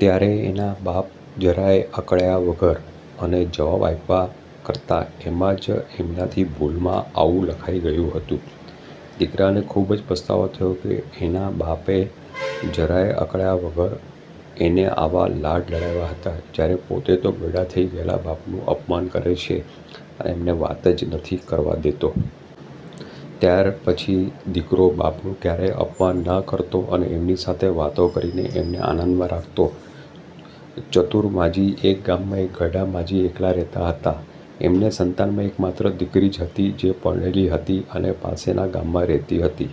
ત્યારે એના બાપ જરાયે અકળાયા વગર એને જવાબ આપ્યા કરતા એમાં જ એમનાથી ભૂલમાં આવું લખાઈ ગયું હતું. દીકરાને ખુબ જ પસ્તાવો થયો કે એના બાપે જરાયે અકળાયા વગર એને આવા લાડ લડાવ્યા હતા જયારે પોતે તો ઘરડા થઇ ગયેલા બાપનું અપમાન કરે છે અને એમને વાત જ નથી કરવા દેતો. ત્યાર પછી દીકરો બાપનું ક્યારેય અપમાન ન કરતો અને એમની સાથે વાતો કરીને એમને આનંદમાં રાખતો. ચતુર માજી એક ગામમાં એક ઘરડા માજી એકલાં રહેતાં હતાં. એમને સંતાનમાં એક માત્ર દીકરી હતી જે પરણેલી હતી અને પાસેના ગામમાં રહેતી હતી.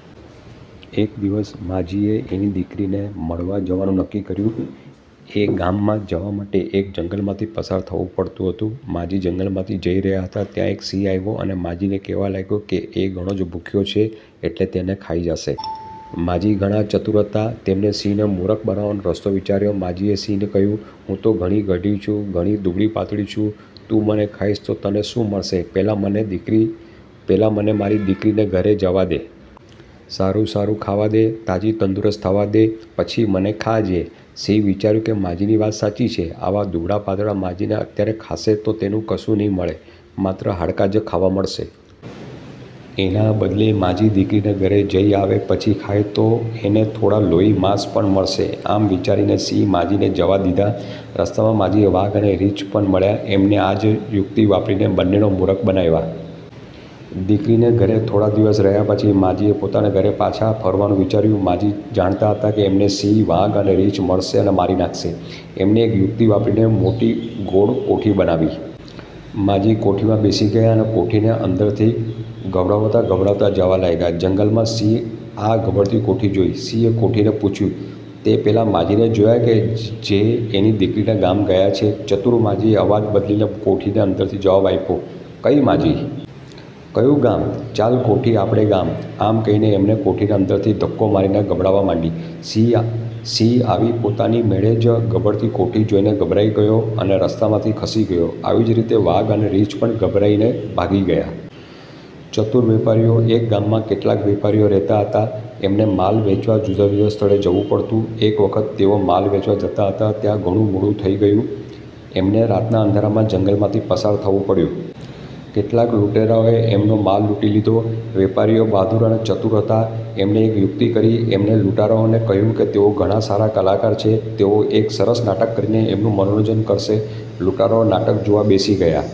એક દિવસ માજીએ એની દીકરીને મળવા જવાનું નક્કી કર્યું. એ ગામમાં જવા માટે એક જંગલમાંથી પસાર થવું પડતું હતું. માજી જંગલમાંથી જઈ રહ્યાં હતાં ત્યારે એક સિંહ આવ્યો અને માજી ને કહેવા લાગ્યો કે એ ઘણો જ ભૂખ્યો છે એટલે તેને ખાઈ જશે. માજી ઘણા ચતુર હતા. તેમણે સિંહને મૂરખ બનાવવાનો રસ્તો વિચાર્યો. માજીએ સિંહને કહ્યું: "હું તો ઘણી ઘરડી છું. ઘણી દૂબળી-પાતળી છું. તું મને ખાઇશ તો તને શું મળશે? પહેલાં મને મારી દીકરીને ઘરે જવાદે. સારું સારું ખાવા દે. તાજી તંદુરસ્ત થવા દે. પછી મને ખાજે". સિંહે વિચાર્યું કે માજીની વાત સાચી છે. આવા દૂબળા-પાતળા માજીને અત્યારે ખાશે તો એને કશું નહિ મળે. માત્ર હાડકાં જ ખાવા મળશે. એના બદલે માજી દીકરીને ઘરે જઈ આવે પછી ખાય તો એને થોડાં લોહી-માંસ પણ મળશે. આમ વિચારીને સિંહે માજીને જવા દીધા. રસ્તામાં માજીને વાઘ અને રીંછ પણ મળ્યા. એમણે આ જ યુક્તિ વાપરીને બંનેને મૂરખ બનાવ્યા. દીકરીને ઘરે થોડા દિવસ રહ્યા પછી માજીએ પોતાના ઘરે પાછા ફરવાનું વિચાર્યું. માજી જાણતાં હતાં કે એમને સિંહ, વાઘ અને રીંછ મળશે અને મારી નાખશે. એમણે એક યુક્તિ વાપરીને મોટી ગોળ કોઠી બનાવી. માજી કોઠીમાં બેસી ગયા અને કોઠીને અંદરથી ગબડાવતા ગબડાવતા જવા લાગ્યા. જંગલમાં સિંહે આ ગબડતી કોઠી જોઈ. સિંહે કોઠીને પુછ્યું: "તેં પેલા માજીને જોયા છે જે એની દીકરીને ગામ ગયા છે? ". ચતુર માજીએ અવાજ બદલીને કોઠીની અંદરથી જવાબ આપ્યો: "કઈ માજી? કયું ગામ? ચાલ કોઠી આપણે ગામ... ". આમ કહીને એમણે કોઠીને અંદરથી ધક્કો મારીને ગબડાવવા માંડી. સિંહ આવી પોતાની મેળે જ ગબડતી કોઠી જોઇને ગભરાઈ ગયો અને રસ્તામાંથી ખસી ગયો. આવી જ રીતે વાઘ અને રીંછ પણ ગભરાઈને ભાગી ગયા. ચતુર વેપારીઓ એક ગામમાં કેટલાક વેપારીઓ રહેતા હતા. એમને માલ વેંચવા જુદા જુદા સ્થળે જવું પડતું. એક વખત તેઓ માલ વેંચવા જતા હતા ત્યારે ઘણું મોડું થઇ ગયું. એમને રાતના અંધારામાં જંગલમાંથી પસાર થવું પડ્યું. કેટલાક લૂંટારાઓએ એમનો માલ લૂંટી લીધો. વેપારીઓ બહાદુર અને ચતુર હતા. એમણે એક યુક્તિ કરી. એમણે લૂંટારાઓને કહ્યુંકે તેઓ ઘણા સારા કલાકાર છે. તેઓ એક સરસ નાટક કરીને એમનું મનોરંજન કરશે. લૂંટારાઓ નાટક જોવા બેસી ગયા.